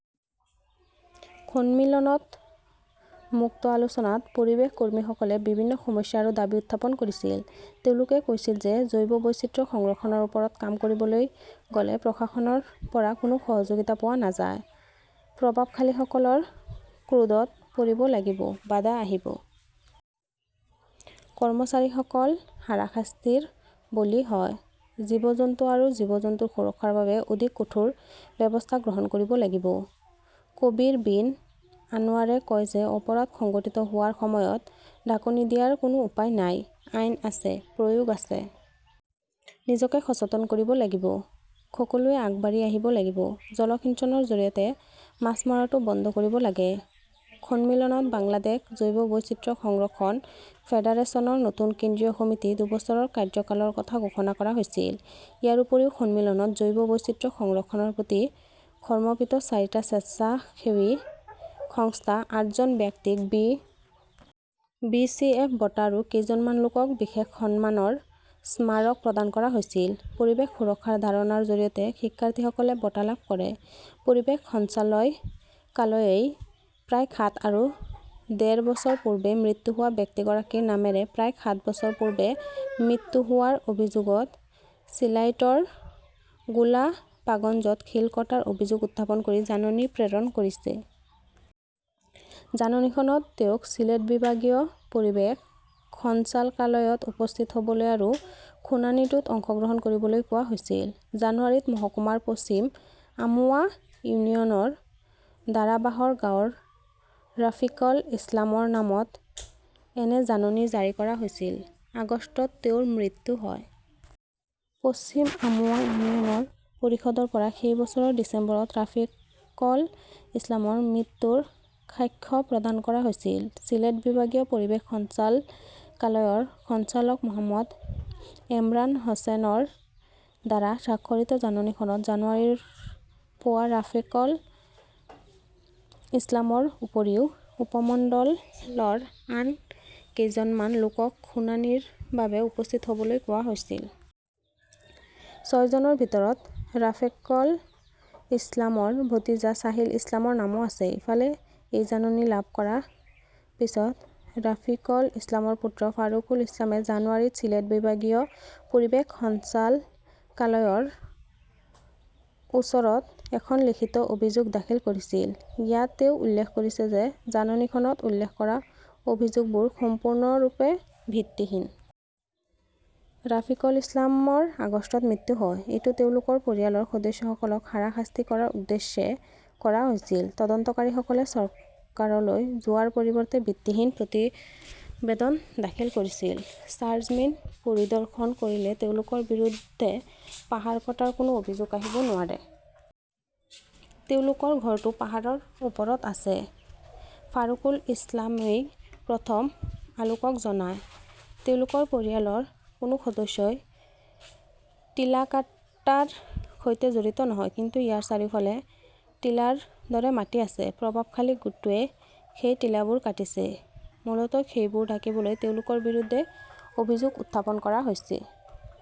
সন্মিলনত মুক্ত আলোচনাত পৰিৱেশ কৰ্মীসকলে বিভিন্ন সমস্যা আৰু দাবী উত্থাপন কৰিছিল। তেওঁলোকে কৈছিল যে জৈৱ বৈচিত্ৰ্য সংৰক্ষণৰ ওপৰত কাম কৰিবলৈ গ'লে প্ৰশাসনৰ পৰা কোনো সহযোগিতা পোৱা নাযায়। প্ৰভাৱশালীসকলৰ ক্ৰোধত পৰিব লাগিব, বাধা আহিব। কৰ্মচাৰীসকল হাৰাশাস্তিৰ বলি হয়। জীৱ-জন্তু আৰু জীৱ-জন্তুৰ সুৰক্ষাৰ বাবে অধিক কঠোৰ ব্যৱস্থা গ্ৰহণ কৰিব লাগিব। কবীৰ বিন আনৱাৰে কয় যে অপৰাধ সংঘটিত হোৱাৰ সময়ত ঢাকনি দিয়াৰ কোনো উপায় নাই। আইন আছে, প্ৰয়োগ আছে। নিজকে সচেতন কৰিব লাগিব। সকলোৱে আগবাঢ়ি আহিব লাগিব। জলসিঞ্চনৰ জৰিয়তে মাছ মৰাটো বন্ধ কৰিব লাগে। সন্মিলনত বাংলাদেশ জৈৱ বৈচিত্ৰ্য সংৰক্ষণ ফেডাৰেচনৰ নতুন কেন্দ্ৰীয় সমিতি দুবছৰৰ কাৰ্যকালৰ কথা ঘোষণা কৰা হৈছিল। ইয়াৰ উপৰিও সন্মিলনত জৈৱ বৈচিত্ৰ্য সংৰক্ষণৰ প্ৰতি সমৰ্পিত চাৰিটা স্বেচ্ছাসেৱী সংস্থা, আঠজন ব্যক্তিক বি. বি. চি. এফ. বঁটা আৰু কেইজনমান লোকক বিশেষ সন্মানৰ স্মাৰক প্ৰদান কৰা হৈছিল। পৰিৱেশ সুৰক্ষাৰ ধাৰণাৰ জৰিয়তে শিক্ষাৰ্থীসকলে বঁটা লাভ কৰে। পৰিৱেশ সঞ্চালকালয়ই প্ৰায় সাত আৰু ডেৰ বছৰ পূৰ্বে মৃত্যু হোৱা ব্যক্তিগৰাকীৰ নামেৰে প্ৰায় সাত বছৰ পূৰ্বে মৃত্যু হোৱাৰ অভিযোগত চিলাইটৰ গোলাপাগঞ্জত শিল কটাৰ অভিযোগ উত্থাপন কৰি জাননী প্ৰেৰণ কৰিছে। জাননীখনত তেওঁক চিলেট বিভাগীয় পৰিৱেশ সঞ্চালকালয়ত উপস্থিত হ'বলৈ আৰু শুনানিটোত অংশগ্ৰহণ কৰিবলৈ কোৱা হৈছিল। জানুৱাৰীত মহকুমাৰ পশ্চিম আমুৰা ইউনিয়নৰ ধাৰাবাহৰ গাঁৱৰ ৰাফিকল ইছলামৰ নামত এনে জাননী জাৰি কৰা হৈছিল। আগষ্টত তেওঁৰ মৃত্যু হয়। পশ্চিম আমুৰা ইউনিয়ন পৰিষদৰ পৰা সেই বছৰৰ ডিচেম্বৰত ৰাফিকল ইছলামৰ মৃত্যুৰ সাক্ষ্য প্ৰদান কৰা হৈছিল। চিলেট বিভাগীয় পৰিৱেশ সঞ্চালকালয়ৰ সঞ্চালক মহম্মদ এমৰান হোসেনৰ দ্বাৰা স্বাক্ষৰিত জাননীখনত জানুৱাৰীৰ পুৱা ৰাফিকল ইছলামৰ উপৰিও উপমণ্ডলৰ আন কেইজনমান লোকক শুনানিৰ বাবে উপস্থিত হ 'বলৈ কোৱা হৈছিল। ছয়জনৰ ভিতৰত ৰাফিকল ইছলামৰ ভতিজা ছাহিল ইছলামৰ নামো আছে। ইফালে, এই জাননী লাভ কৰাৰ পিছত ৰাফিকল ইছলামৰ পুত্ৰ ফাৰুকুল ইছলামে জানুৱাৰীত চিলেট বিভাগীয় পৰিৱেশ সঞ্চালকালয়ৰ সঞ্চালকালয়ৰ ওচৰত এখন লিখিত অভিযোগ দাখিল কৰিছিল। ইয়াত তেওঁ উল্লেখ কৰিছে যে জাননীখনত উল্লেখ কৰা অভিযোগবোৰ সম্পূৰ্ণৰূপে ভিত্তিহীন। ৰাফিকল ইছলামৰ আগষ্টত মৃত্যু হয়। এইটো তেওঁলোকৰ পৰিয়ালৰ সদস্যসকলক হাৰাশাস্তি কৰাৰ উদ্দেশ্যে কৰা হৈছিল। তদন্তকাৰীসকলে চৰকাৰলৈ যোৱাৰ পৰিৱৰ্তে ভিত্তিহীন প্ৰতিবেদন দাখিল কৰিছিল। চাৰ্জমেইন পৰিদৰ্শন কৰিলে তেওঁলোকৰ বিৰুদ্ধে পাহাৰ কটাৰ কোনো অভিযোগ আহিব নোৱাৰে। তেওঁলোকৰ ঘৰটো পাহাৰৰ ওপৰত আছে, ফাৰুকুল ইছলামই প্ৰথম আলোকক জনায়। তেওঁলোকৰ পৰিয়ালৰ কোনো সদস্যই টিলা কটাৰ সৈতে জড়িত নহয়। কিন্তু ইয়াৰ চাৰিওফালে টিলাৰ দৰে মাটি আছে। প্ৰভাৱশালী গোটটোৱে সেই টিলাবোৰ কাটিছে। মূলতঃ, সেইবোৰ ঢাকিবলৈ তেওঁলোকৰ বিৰুদ্ধে অভিযোগ উত্থাপন কৰা হৈছে।